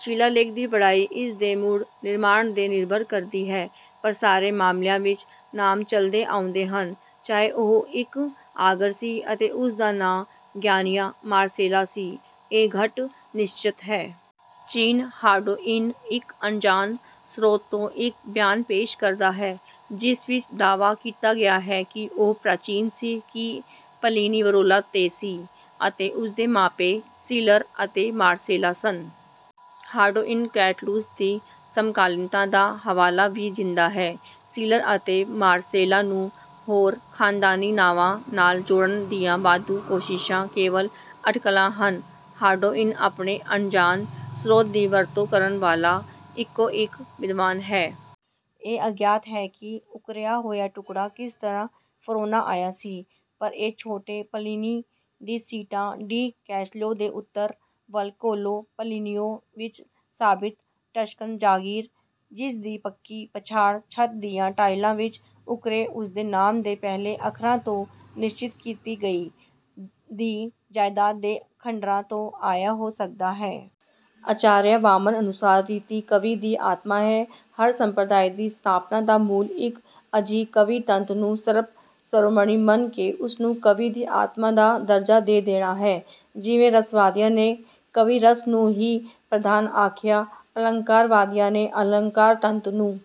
ਸ਼ਿਲਾਲੇਖ ਦੀ ਪੜ੍ਹਾਈ ਇਸ ਦੇ ਮੁੜ ਨਿਰਮਾਣ 'ਤੇ ਨਿਰਭਰ ਕਰਦੀ ਹੈ, ਪਰ ਸਾਰੇ ਮਾਮਲਿਆਂ ਵਿੱਚ ਨਾਮ ਚਲੇ ਆਉਂਦੇ ਹਨ। ਚਾਹੇ ਉਹ ਇੱਕ ਆਗਰ ਸੀ ਅਤੇ ਉਸ ਦਾ ਨਾਂ ਗ੍ਰੈਨੀਆ ਮਾਰਸੇਲਾ ਸੀ, ਇਹ ਘੱਟ ਨਿਸ਼ਚਤ ਹੈ। ਜੀਨ ਹਾਰਡੌਇਨ ਇੱਕ ਅਣਜਾਣ ਸ੍ਰੋਤ ਤੋਂ ਇੱਕ ਬਿਆਨ ਪੇਸ਼ ਕਰਦਾ ਹੈ, ਜਿਸ ਵਿੱਚ ਦਾਅਵਾ ਕੀਤਾ ਗਿਆ ਹੈ ਕਿ ਉਹ ਪ੍ਰਾਚੀਨ ਸੀ। ਕਿ ਪਲੀਨੀ ਵਰੋਨਾ ਤੋਂ ਸੀ ਅਤੇ ਉਸਦੇ ਮਾਪੇ ਸੀਲਰ ਅਤੇ ਮਾਰਸੇਲਾ ਸਨ। ਹਾਰਡੌਇਨ ਕੈਟਲੁਸ ਦੀ ਸਮਕਾਲੀਨਤਾ ਦਾ ਹਵਾਲਾ ਵੀ ਦਿੰਦਾ ਹੈ। ਸੀਲਰ ਅਤੇ ਮਾਰਸੇਲਾ ਨੂੰ ਹੋਰ ਖ਼ਾਨਦਾਨੀ ਨਾਵਾਂ ਨਾਲ ਜੋੜਨ ਦੀਆਂ ਵਾਧੂ ਕੋਸ਼ਿਸ਼ਾਂ ਕੇਵਲ ਅਟਕਲਾਂ ਹਨ। ਹਾਰਡੌਇਨ ਆਪਣੇ ਅਣਜਾਣ ਸਰੋਤ ਦੀ ਵਰਤੋਂ ਕਰਨ ਵਾਲਾ ਇੱਕੋ ਇੱਕ ਵਿਦਵਾਨ ਹੈ। ਇਹ ਅਗਿਆਤ ਹੈ ਕਿ ਉਕਰਿਆ ਹੋਇਆ ਟੁਕੜਾ ਕਿਸ ਤਰ੍ਹਾਂ ਵਰੋਨਾ ਆਇਆ ਸੀ। ਪਰ ਇਹ ਛੋਟੇ ਪਲੀਨੀ ਦੀ ਸੀਟਾ ਡੀ ਕੈਸਲੇਓ ਦੇ ਉੱਤਰ ਵੱਲ ਕੋਲੇ ਪਲੀਨੀਓ ਵਿੱਚ ਸਥਿਤ ਟਸਕਨ ਜਾਗੀਰ, ਜਿਸ ਦੀ ਪੱਕੀ ਪਛਾਣ ਛੱਤ ਦੀਆਂ ਟਾਇਲਾਂ ਵਿੱਚ ਉੱਕਰੇ ਉਸਦੇ ਨਾਮ ਦੇ ਪਹਿਲੇ ਅੱਖਰਾਂ ਤੋਂ ਨਿਸ਼ਚਿਤ ਕੀਤੀ ਗਈ, ਦੀ ਜਾਇਦਾਦ ਦੇ ਖੰਡਰਾਂ ਤੋਂ ਆਇਆ ਹੋ ਸਕਦਾ ਹੈ। ਆਚਾਰੀਆ ਵਾਮਨ ਅਨੁਸਾਰ ਰੀਤੀ ਕਾਵਿ ਦੀ ਆਤਮਾ ਹੈ। ਹਰ ਸੰਪ੍ਰਦਾਇ ਦੀ ਸਥਾਪਨਾ ਦਾ ਮੂਲ ਇੱਕ ਅਜਿਹੇ ਕਾਵਿ ਤੱਤ ਨੂੰ ਸਰਬ ਸਰੋਮਣੀ ਮੰਨ ਕੇ ਉਸਨੂੰ ਕਾਵਿ ਦੀ ਆਤਮਾ ਦਾ ਦਰਜਾ ਦੇ ਦੇਣਾ ਹੈ। ਜਿਵੇਂ ਰਸਵਾਦੀਆਂ ਨੇ ਕਾਵਿ-ਰਸ ਨੂੰ ਹੀ ਪ੍ਰਧਾਨ ਆਖਿਆ, ਅਲੰਕਾਰਵਾਦੀਆਂ ਨੇ ਅਲੰਕਾਰ ਤੱਤ ਨੂੰ।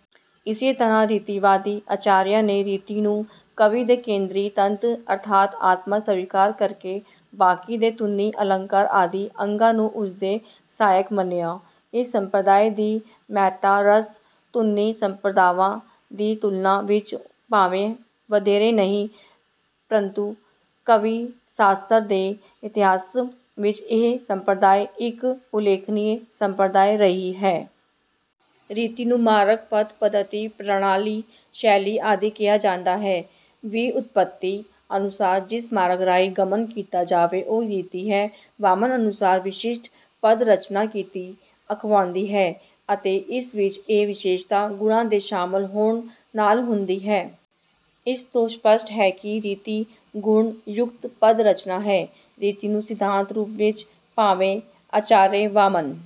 ਇਸੇ ਤਰ੍ਹਾਂ ਰੀਤੀਵਾਦੀ ਆਚਾਰੀਆਂ ਨੇ ਰੀਤੀ ਨੂੰ ਕਾਵਿ ਦੇ ਕੇਂਦਰੀ ਤੱਤ ਅਰਥਾਤ ਆਤਮਾ ਸਵੀਕਾਰ ਕਰਕੇ ਬਾਕੀ ਦੇ ਧੁਨੀ, ਅਲੰਕਾਰ ਆਦਿ ਅੰਗਾਂ ਨੂੰ ਉਸਦੇ ਸਹਾਇਕ ਮੰਨਿਆ। ਇਸ ਸੰਪ੍ਰਦਾਇ ਦੀ ਮਹੱਤਤਾ ਰਸ, ਧੁਨੀ ਸੰਪ੍ਰਦਾਵਾਂ ਦੀ ਤੁਲਨਾ ਵਿੱਚ ਭਾਵੇਂ ਵਧੇਰੇ ਨਹੀਂ, ਪ੍ਰੰਤੂ ਕਾਵਿ-ਸ਼ਾਸਤਰ ਦੇ ਇਤਿਹਾਸ ਵਿੱਚ ਇਹ ਸੰਪ੍ਰਦਾਇ ਇੱਕ ਉਲੇਖਨੀ ਸੰਪ੍ਰਦਾਇ ਰਹੀ ਹੈ। ਰੀਤੀ ਨੂੰ ਮਾਰਗ, ਪਥ, ਪੱਧਤੀ, ਪ੍ਰਣਾਲੀ, ਸ਼ੈਲੀ ਆਦਿ ਕਿਹਾ ਜਾਂਦਾ ਹੈ। ਵਿਉਤਪੱਤੀ ਅਨੁਸਾਰ ਜਿਸ ਮਾਰਗ ਰਾਹੀਂ ਗਮਨ ਕੀਤਾ ਜਾਵੇ, ਉਹ ਰੀਤੀ ਹੈ। ਵਾਮਨ ਅਨੁਸਾਰ ਵਿਸ਼ਿਸ਼ਟ ਪਦ-ਰਚਨਾ ਰੀਤੀ ਅਖਵਾਉਂਦੀ ਹੈ ਅਤੇ ਇਸ ਵਿੱਚ ਇਹ ਵਿਸ਼ੇਸ਼ਤਾ ਗੁਣਾਂ ਦੇ ਸ਼ਾਮਲ ਹੋਣ ਨਾਲ ਹੁੰਦੀ ਹੈ। ਇਸ ਤੋਂ ਸਪੱਸ਼ਟ ਹੈ ਕਿ ਰੀਤੀ ਗੁਣ-ਯੁਕਤ ਪਦ ਰਚਨਾ ਹੈ। ਰੀਤੀ ਨੂੰ ਸਿਧਾਂਤ ਰੂਪ ਵਿੱਚ ਭਾਵੇਂ ਆਚਾਰਯ ਵਾਮਨ